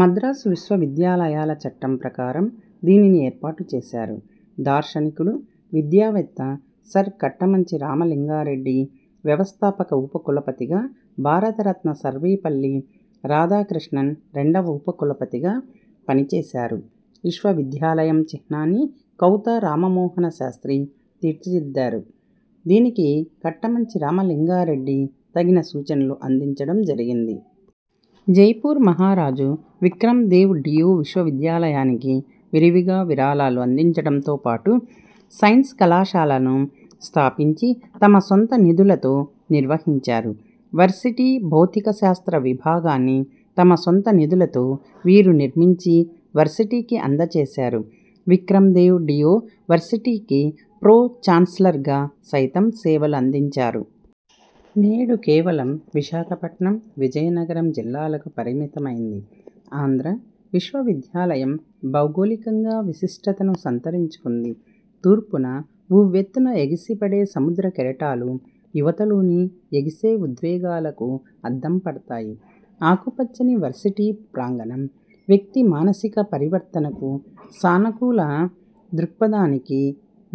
మద్రాసు విశ్వవిద్యాలయాల చట్టం ప్రకారం దీనిని ఏర్పాటు చేశారు. దార్శనికుడు, విద్యావేత్త సర్ కట్టమంచి రామలింగారెడ్డి వ్యవస్థాపక ఉపకులపతిగా, భారతరత్న సర్వేపల్లి రాధాకృష్ణన్ రెండవ ఉపకులపతిగా పనిచేసారు. విశ్వవిద్యాలయం చిహ్నాన్ని కౌతా రామమోహన శాస్ర్తి తీర్చిదిద్దారు. దీనికి కట్టమంచి రామలింగారెడ్డి తగిన సూచనలు అందించడం జరిగింది. జైపూర్ మహారాజు విక్రమ్ దేవ్ డియో విశ్వవిద్యాలయానికి విరివిగా విరాళాలు అందించడంతో పాటు సైన్స్ కళాశాలను స్థాపించి, తమ సొంత నిధులతో నిర్వహించారు. వర్సిటీ భౌతిక శాస్త్ర విభాగాన్ని తమ సొంత నిధులతో వీరు నిర్మించి వర్సిటీకి అందజేశారు. విక్రమ్ దేవ్ డియో వర్సిటీకి ప్రో చాన్సలర్గా సైతం సేవలు అందించారు. నేడు కేవలం విశాఖపట్నం, విజయనగరం జిల్లాలకు పరిమితమైంది. ఆంధ్ర విశ్వవిద్యాలయం భౌగోళికంగా విశిష్టతను సంతరించుకుంది. తూర్పున ఉవ్వెత్తున ఎగిసిపడే సముద్రకెరటాలు యువతలోని ఎగిసే ఉద్వేగాలకు అద్దంపడతాయి. ఆకుపచ్చని వర్సిటీ ప్రాంగణం వ్యక్తి్ మానసిక పరివర్తనకు, సానుకూల దృక్పథానికి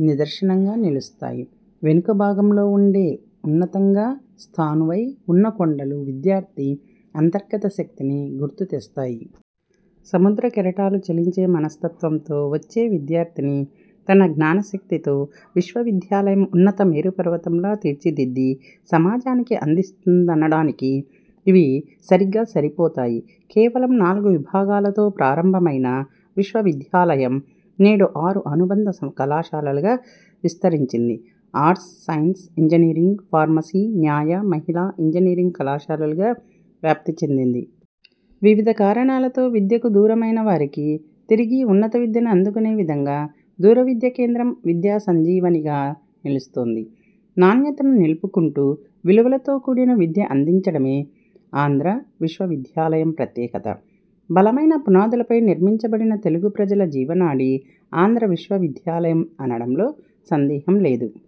నిదర్శనంగా నిలుస్తాయి. వెనుక భాగంలో ఉండే ఉన్నతంగా స్థాణువై ఉన్న కొండలు విద్యార్థి అంతర్గత శక్తిని గుర్తుతెస్తాయి. సముద్ర కెరటాలు చలించే మనస్తత్వంతో వచ్చే విద్యార్థిని తన జ్ఞానశక్తితో విశ్వవిద్యాలయం ఉన్నత మేరుపర్వతంలా తీర్చిదిద్ది సమాజానికి అందిస్తుందనడానికి ఇవి సరిగ్గా సరిపోతాయి. కేవలం నాలుగు విభాగాలతో ప్రారంభమైన విశ్వవిద్యాలయం నేడు ఆరు అనుబంధ కళాశాలలుగా విస్తరించింది. ఆర్ట్స్, సైన్స్, ఇంజనీరింగ్, ఫార్మసీ, న్యాయ, మహిళా ఇంజనీరింగ్ కళాశాలలుగా వ్యాప్తిచెందింది. వివిధ కారణాలతో విద్యకు దూరమైన వారికి తిరిగి ఉన్నత విద్యను అందుకునే విదంగా దూరవిద్య కేంద్రం విద్యా సంజీవనిగా నిలుస్తోంది. నాణ్యతను నిలుపుకుంటూ, విలువలతో కూడిన విద్య అందించడమే ఆంధ్ర విశ్వవిద్యాలయం ప్రత్యేకత. బలమైన పునాదులపై నిర్మించబడిన తెలుగు ప్రజల జీవనాడి ఆంధ్ర విశ్వవిద్యాలయం అనడంలో సందేహం లేదు.